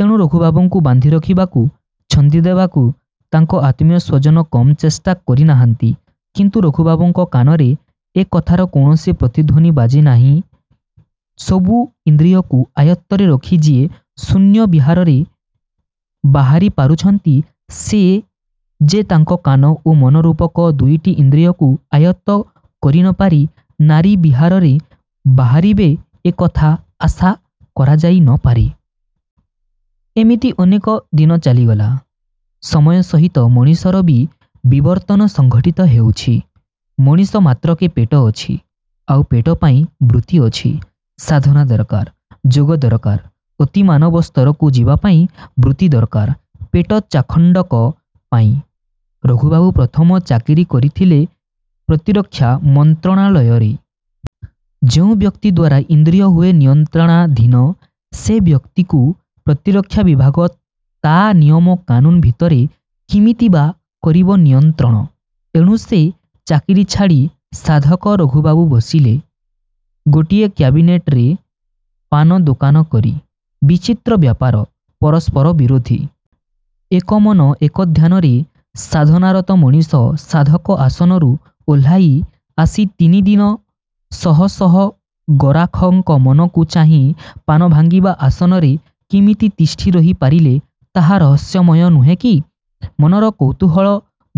ତେଣୁ ରଘୁବାବୁଙ୍କୁ ବାନ୍ଧିରଖିବାକୁ, ଛନ୍ଦି ଦେବାକୁ ତାଙ୍କ ଆତ୍ମୀୟ ସ୍ୱଜନ କମ୍ ଚେଷ୍ଟା କରିନାହାନ୍ତି; କିନ୍ତୁ ରଘୁବାବୁଙ୍କ କାନରେ ଏ କଥାର କୌଣସି ପ୍ରତିଧ୍ଵନି ବାଜି ନାହିଁ। ସବୁ ଇନ୍ଦ୍ରିୟକୁ ଆୟତ୍ତରେ ରଖି ଯିଏ ଶୂନ୍ୟ ବିହାରରେ ବାହାରିପାରୁଛନ୍ତି ସେ ଯେ ତାଙ୍କ କାନ ଓ ମନ ରୂପକ ଦୁଇଟି ଇନ୍ଦ୍ରିୟକୁ ଆୟତ୍ତ କରିନପାରି ନାରୀ ବିହାରରେ ବାହାରିବେ ଏ କଥା ଆଶା କରାଯାଇନପାରେ। ଏମିତି ଅନେକ ଦିନ ଚାଲିଗଲା। ସମୟ ସହିତ ମଣିଷର ବି ବିବର୍ତ୍ତନ ସଂଘଟିତ ହେଉଛି। ମଣିଷ ମାତ୍ରକେ ପେଟ ଅଛି; ଆଉ ପେଟ ପାଇଁ ବୃତ୍ତି ଅଛି। ସାଧନା ଦରକାର, ଯୋଗ ଦରକାର ଅତିମାନବ ସ୍ତରକୁ ଯିବାପାଇଁ ବୃତ୍ତି ଦରକାର ପେଟ ଚାଖଣ୍ଡକ ପାଇଁ। ରଘୁବାବୁ ପ୍ରଥମ ଚାକିରି କରିଥିଲେ ପ୍ରତିରକ୍ଷା ମନ୍ତ୍ରଣାଳୟରେ। ଯେଉଁ ବ୍ୟକ୍ତି ଦ୍ୱାରା ଇନ୍ଦ୍ରିୟ ହୁଏ ନିୟନ୍ତ୍ରଣାଧୀନ ସେ ବ୍ୟକ୍ତିକୁ ପ୍ରତିରକ୍ଷା ବିଭାଗ ତା' ନିୟମ କାନୁନ୍ ଭିତରେ କିମିତି ବା କରିବ ନିୟନ୍ତ୍ରଣ। ଏଣୁ ସେ ଚାକିରି ଛାଡ଼ି ସାଧକ ରଘୁବାବୁ ବସିଲେ ଗୋଟିଏ କ୍ୟାବିନରେ ପାନ ଦୋକାନ କରି। ବିଚିତ୍ର ବ୍ୟାପାର। ପରସ୍ପର ବିରୋଧୀ। ଏକ ମନ ଏକ ଧ୍ୟାନରେ ସାଧନାରତ ମଣିଷ ସାଧକ ଆସନରୁ ଓହ୍ଲାଇ ଆସି ନିତିଦିନ ଶହ ଶହ ଗରାଖଙ୍କ ମନକୁ ଚାହିଁ ପାନ ଭାଙ୍ଗିବା ଆସନରେ କିମିତି ତିଷ୍ଠି ରହି ପାରିଲେ ତାହା ରହସ୍ୟମୟ ନୁହେଁ କି? ମନର କୌତୂହଳ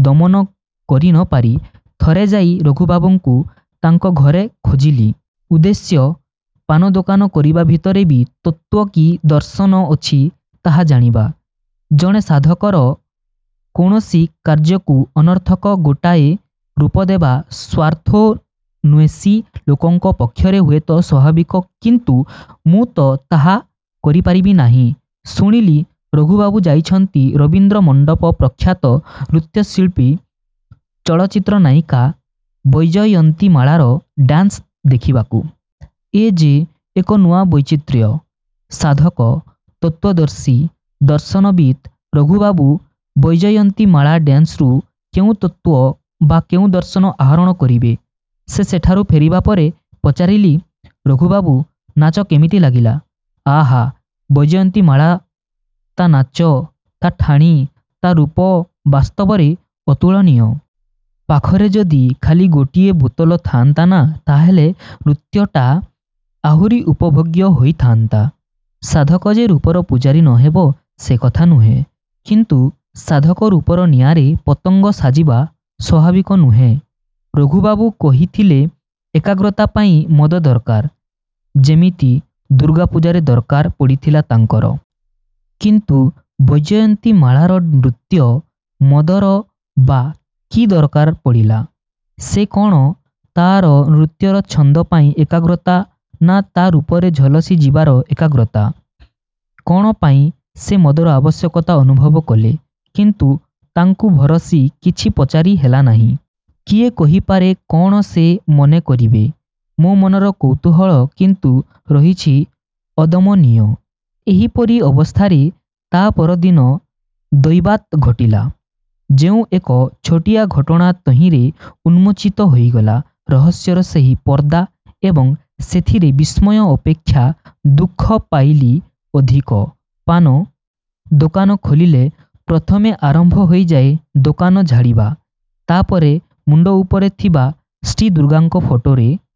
ଦମନ କରିନପାରି ଥରେ ଯାଇ ରଘୁବାବୁଙ୍କୁ ତାଙ୍କ ଘରେ ଖୋଜିଲି-। ଉଦ୍ଦେଶ୍ୟ-ପାନଦୋକାନ କରିବା ଭିତରେ ବି ତତ୍ତ୍ୱ କି ଦର୍ଶନ ଅଛି ତାହା ଜାଣିବା-। ଜଣେ ସାଧକର କୌଣସି କାର୍ଯ୍ୟକୁ ଅନର୍ଥକ ଗୋଟାଏ ରୂପଦେବା ସ୍ୱାର୍ଥାନ୍ଵେଷୀ ଲୋକଙ୍କ ପକ୍ଷରେ ହୁଏତ ସ୍ୱାଭାବିକ କିନ୍ତୁ ମୁଁ ତ ତାହା କରିପାରିବି ନାହିଁ। ଶୁଣିଲି ରଘୁବାବୁ ଯାଇଛନ୍ତି ରବୀନ୍ଦ୍ର ମଣ୍ଡପ ପ୍ରଖ୍ୟାତ ନୃତ୍ୟଶିଳ୍ପୀ, ଚଳଚ୍ଚିତ୍ର ନାୟିକା ବୈଜୟନ୍ତୀମାଳାର ଡାନ୍ସ ଦେଖିବାକୁ। ଏ ଯେ ଏକ ନୂଆ ବୈଚିତ୍ର୍ୟ। ସାଧକ, ତତ୍ତ୍ୱଦର୍ଶୀ ଦର୍ଶନବିତ୍ ରଘୁବାବୁ ବୈଜୟନ୍ତୀମାଳା ଡାନ୍ସରୁ କେଉଁ ତତ୍ତ୍ୱ ବା କେଉଁ ଦର୍ଶନ ଆହରଣ କରିବେ-? ସେ ସେଠାରୁ ଫେରିବା ପରେ ପଚାରିଲି-ରଘୁବାବୁ, ନାଚ କିମିତି ଲାଗିଲା? ଆହାଃ ବୈଜୟନ୍ତୀମାଳା-ତା' ନାଚ, ତା' ଠାଣି, ତା' ରୂପ ବାସ୍ତବରେ ଅତୁଳନୀୟ। ପାଖରେ ଯଦି ଖାଲି ଗୋଟିଏ ବୋତଲ ଥାଆନ୍ତା ନା ତା'ହେଲେ ନୃତ୍ୟଟା ଆହୁରି ଉପଭୋଗ୍ୟ ହୋଇଥାନ୍ତା। ସାଧକ ଯେ ରୂପର ପୂଜାରୀ ନହେବ ସେକଥା ନୁହେଁ। କିନ୍ତୁ ସାଧକ ରୂପର ନିଆଁରେ ପତଙ୍ଗ ସାଜିବା ସ୍ୱାଭାବିକ ନୁହେଁ। ରଘୁବାବୁ କହିଥିଲେ ଏକାଗ୍ରତା ପାଇଁ ମଦ ଦରକାର-ଯେମିତି ଦୁର୍ଗା ପୂଜାରେ ଦରକାର ପଡ଼ିଥିଲା ତାଙ୍କର। କିନ୍ତୁ ବୈଜୟନ୍ତୀମାଳାର ନୃତ୍ୟ ମଦର ବା କି ଦରକାର ପଡ଼ିଲା? ସେ କ'ଣ ତା'ର ନୃତ୍ୟର ଛନ୍ଦ ପାଇଁ ଏକାଗ୍ରତା ନା ତା' ରୂପରେ ଝଲସି ଯିବାର ଏକାଗ୍ରତା? କ'ଣ ପାଇଁ ସେ ମଦର ଆବଶ୍ୟକତା ଅନୁଭବ କଲେ? କିନ୍ତୁ ତାଙ୍କୁ ଭରସି କିଛି ପଚାରି ହେଲା ନାହିଁ। କିଏ କହିପାରେ କ'ଣ ସେ ମନେ କରିବେ? ମୋ'ମନର କୌତୂହଳ କିନ୍ତୁ ରହିଛି ଅଦମନୀୟ। ଏହିପରି ଅବସ୍ଥାରେ ତା'ପରଦିନ ଦୈବାତ୍ ଘଟିଲା ଯେଉଁ ଏକ ଛୋଟିଆ ଘଟଣା ତହିଁରେ ଉନ୍ମୋଚିତ ହୋଇଗଲା ରହସ୍ୟର ସେଇ ପର୍ଦ୍ଦା-ଏବଂ ସେଥିରେ ବିସ୍ମୟ ଅପେକ୍ଷା ଦୁଃଖ ପାଇଲି ଅଧିକ। ପାନ ଦୋକାନ ଖୋଲିଲେ ପ୍ରଥମେ ଆରମ୍ଭ ହୋଇଯାଏ ଦୋକାନ ଝାଡ଼ିବା, ତା'ପରେ ମୁଣ୍ଡ ଉପରେ ଥିବା ଶ୍ରୀ ଦୁର୍ଗାଙ୍କ ଫଟୋରେ